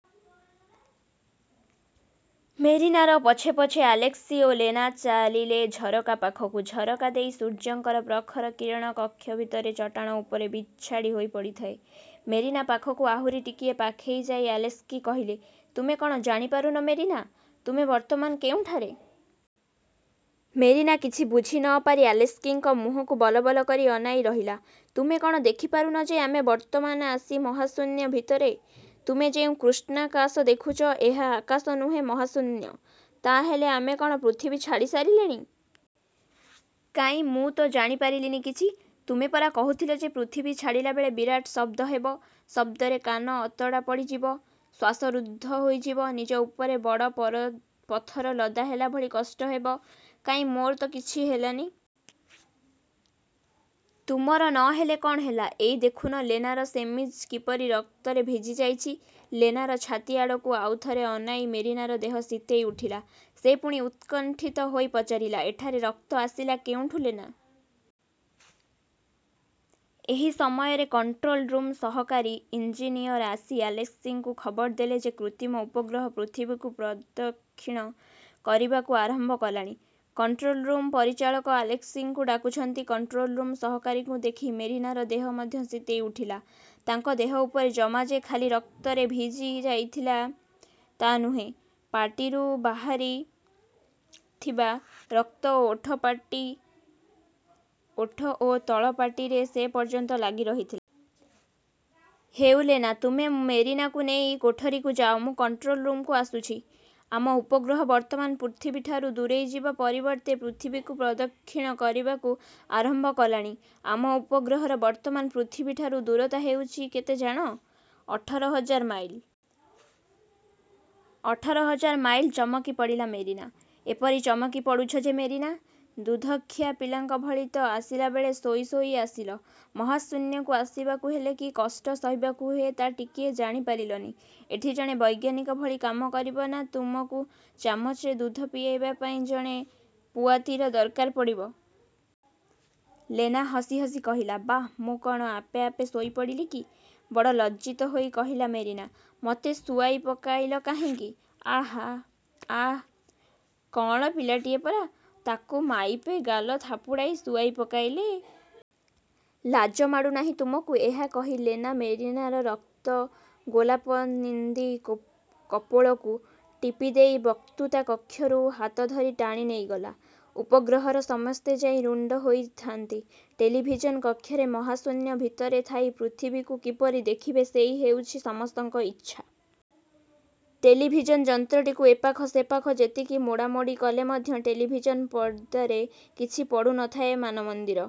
'' ମେରିନାର ପଛେ ପଛେ ଆଲେସ୍କି ଓ ଲେନା ଚାଲିଲେ ଝରକା ପାଖକୁ। ଝରକା ଦେଇ ସୂର୍ଯ୍ୟଙ୍କର ପ୍ରଖର କିରଣ କକ୍ଷ ଭିତରର ଚଟାଣ ଉପରେ ବିଞ୍ଛାଡ଼ି ହୋଇ ପଡ଼ିଥାଏ। ମେରିନା ପାଖକୁ ଆହୁରି ଟିକିଏ ପାଖେଇ ଯାଇ ଆଲେସ୍କି କହିଲେ, ''ତୁମେ କ'ଣ ଜାଣିପାରୁନ ମେରିନା ତୁମେ ବର୍ତ୍ତମାନ କେଉଁଠାରେ? '' ମେରିନା କିଛି ବୁଝି ନ ପାରି ଆଲେସ୍କିଙ୍କ ମୁହଁକୁ ବଲବଲ କରି ଅନାଇ ରହିଲା। ''ତୁମେ କ'ଣ ଦେଖିପାରୁନ ଯେ ଆମେ ବର୍ତ୍ତମାନ ଆସି ମହାଶୂନ୍ୟ ଭିତରେ। ତୁମେ ଯେଉଁ କୃଷ୍ଣାକାଶ ଦେଖୁଛ, ଏହା ଆକାଶ ନୁହେଁ, ମହାଶୂନ୍ୟ। '' ''ତା' ହେଲେ ଆମେ କ'ଣ ପୃଥିବୀ ଛାଡ଼ି ସାରିଲେଣି? କାହିଁ, ମୁଁ ତ ଜାଣିପାରିଲିନି କିଛି! ତୁମେ ପରା କହୁଥିଲ ଯେ, ପୃଥିବୀ ଛାଡ଼ିଲାବେଳେ ବିରାଟ ଶବ୍ଦ ହେବ, ଶବ୍ଦରେ କାନ ଅତଡ଼ା ପଡ଼ିଯିବ, ଶ୍ୱାସରୁଦ୍ଧ ହୋଇଯିବ, ନିଜ ଉପରେ ବଡ଼ ପଥର ଲଦା ହେଲାଭଳି କଷ୍ଟ ହେବ। କାହିଁ, ମୋର ତ କିଛି ହେଲାନି? '' ''ତୁମର ନ ହେଲେ କ'ଣ ହେଲା, ଏଇ ଦେଖୁନ ଲେନାର ସେମିଜ କିପରି ରକ୍ତରେ ଭିଜିଯାଇଛି। '' ଲେନାର ଛାତି ଆଡ଼କୁ ଆଉ ଥରେ ଅନାଇ ମେରିନାର ଦେହ ଶୀତେଇ ଉଠିଲା। ସେ ପୁଣି ଉତ୍କଣ୍ଠିତ ହୋଇ ପଚାରିଲା, ''ଏଠାରେ ରକ୍ତ ଆସିଲା କେଉଁଠୁ ଲେନା? '' ଏହି ସମୟରେ କଣ୍ଟ୍ରୋଲ ରୁମ୍ର ସହକାରୀ ଇଞ୍ଜିନିୟର ଆସି ଆଲେସ୍କିଙ୍କୁ ଖବର ଦେଲେ ଯେ କୃତ୍ରିମ ଉପଗ୍ରହ ପୃଥିବୀକୁ ପ୍ରଦକ୍ଷିଣ କରିବାକୁ ଆରମ୍ଭ କଲାଣି। କଣ୍ଟ୍ରୋଲ୍ରୁମ୍ର ପରିଚାଳକ ଆଲେସ୍କିଙ୍କୁ ଡାକୁଛନ୍ତି। କଣ୍ଟ୍ରୋଲ୍ରୁମ୍ର ସହକାରୀଙ୍କୁ ଦେଖି ମେରିନାର ଦେହ ମଧ୍ୟ ଶୀତେଇ ଉଠିଲା। ତାଙ୍କ ଦେହ ଉପର ଜମା ଯେ ଖାଲି ରକ୍ତରେ ଭିଜି ଯାଇଥିଲା ତା ନୁହେଁ, ପାଟିରୁ ବାହାରିଥିବା ରକ୍ତ, ଓଠ ଓ ତଳପାଟିରେ ସେପର୍ଯ୍ୟନ୍ତ ଲାଗିରହିଥିଲା। ''ହେଉ ଲେନା, ତୁମେ ମେରିନାକୁ ନେଇ କୋଠରିକୁ ଯାଅ, ମୁଁ କଣ୍ଟ୍ରୋଲ୍ ରୁମ୍ରୁ ଆସୁଛି। ଆମ ଉପଗ୍ରହ ବର୍ତ୍ତମାନ ପୃଥିବୀଠାରୁ ଦୂରେଇଯିବା ପରିବର୍ତ୍ତରେ ପୃଥିବୀକୁ ପ୍ରଦକ୍ଷିଣ କରିବାକୁ ଆରମ୍ଭ କଲାଣି। ଆମ ଉପଗ୍ରହର ବର୍ତ୍ତମାନ ପୃଥିବୀଠାରୁ ଦୂରତା ହେଉଛି କେତେ ଜାଣ-? ଅଠର ହଜାର ମାଇଲ? '' ''ଅଠର ହଜାର ମାଇଲ! '' ଚମକିପଡ଼ିଲା ମେରିନା। ''ଏପରି ଚମକିପଡ଼ୁଛ ଯେ ମେରିନା? ଦୁଧଖିଆ ପିଲାଙ୍କ ଭଳି ତ ଆସିଲାବେଳେ ଶୋଇ ଶୋଇ ଆସିଲ। ମହାଶୂନ୍ୟକୁ ଆସିବାକୁ ହେଲେ କି କଷ୍ଟ ସହିବାକୁ ହୁଏ ତା' ଟିକିଏ ଜାଣିପାରିଲନି। ଏଠି ଜଣେ ବୈଜ୍ଞାନିକ ଭଳି କାମ କରିବ ନା ତୁମକୁ ଚାମଚରେ ଦୁଧ ପିଆଇବା ପାଇଁ ଜଣେ ପୁଆତୀର ଦରକାର ପଡ଼ିବ? '' ଲେନା ହସି ହସି କହିଲା। ''ବାଃ ମୁଁ କ'ଣ ଆପେ ଆପେ ଶୋଇପଡ଼ିଲି କି? '' ବଡ଼ ଲଜ୍ଜିତା ହୋଇ କହିଲା ମେରିନା, 'ମୋତେ ଶୁଆଇ ପକାଇଲ କାହିଁକି? '' ''ଆଃ, ଆଃ, କଅଁଳ ପିଲାଟିଏ ପରା। ତା'କୁ ମାଇପେ ଗାଲ ଥାପୁଡ଼ାଇ ଶୁଆଇ ପକାଇଲେ। ଲାଜ ମାଡ଼ୁନାହିଁ ତୁମକୁ। '' ଏହା କହି ଲେନା ମେରିନାର ରକ୍ତଗୋଲାପନିନ୍ଦୀ କପୋଳକୁ ଟିପିଦେଇ ବକ୍ତୃତା କକ୍ଷରୁ ହାତଧରି ଟାଣି ନେଇଗଲା। ଉପଗ୍ରହର ସମସ୍ତେ ଯାଇ ରୁଣ୍ଡ ହୋଇଥାଆନ୍ତି ଟେଲିଭିଜନ୍ କକ୍ଷରେ। ମହାଶୂନ୍ୟ ଭିତରେ ଥାଇ ପୃଥିବୀକୁ କିପରି ଦେଖିବେ ସେଇ ହେଉଛି ସମସ୍ତଙ୍କ ଇଚ୍ଛା। ଟେଲିଭିଜନ୍ ଯନ୍ତ୍ରଟିକୁ ଏପାଖ ସେପାଖ ଯେତେ ମୋଡ଼ାମୋଡ଼ି କଲେ ମଧ୍ୟ ଟେଲିଭିଜନ୍ ପର୍ଦ୍ଦାରେ କିଛି ପଡ଼ୁ ନଥାଏ। ମାନମନ୍ଦିର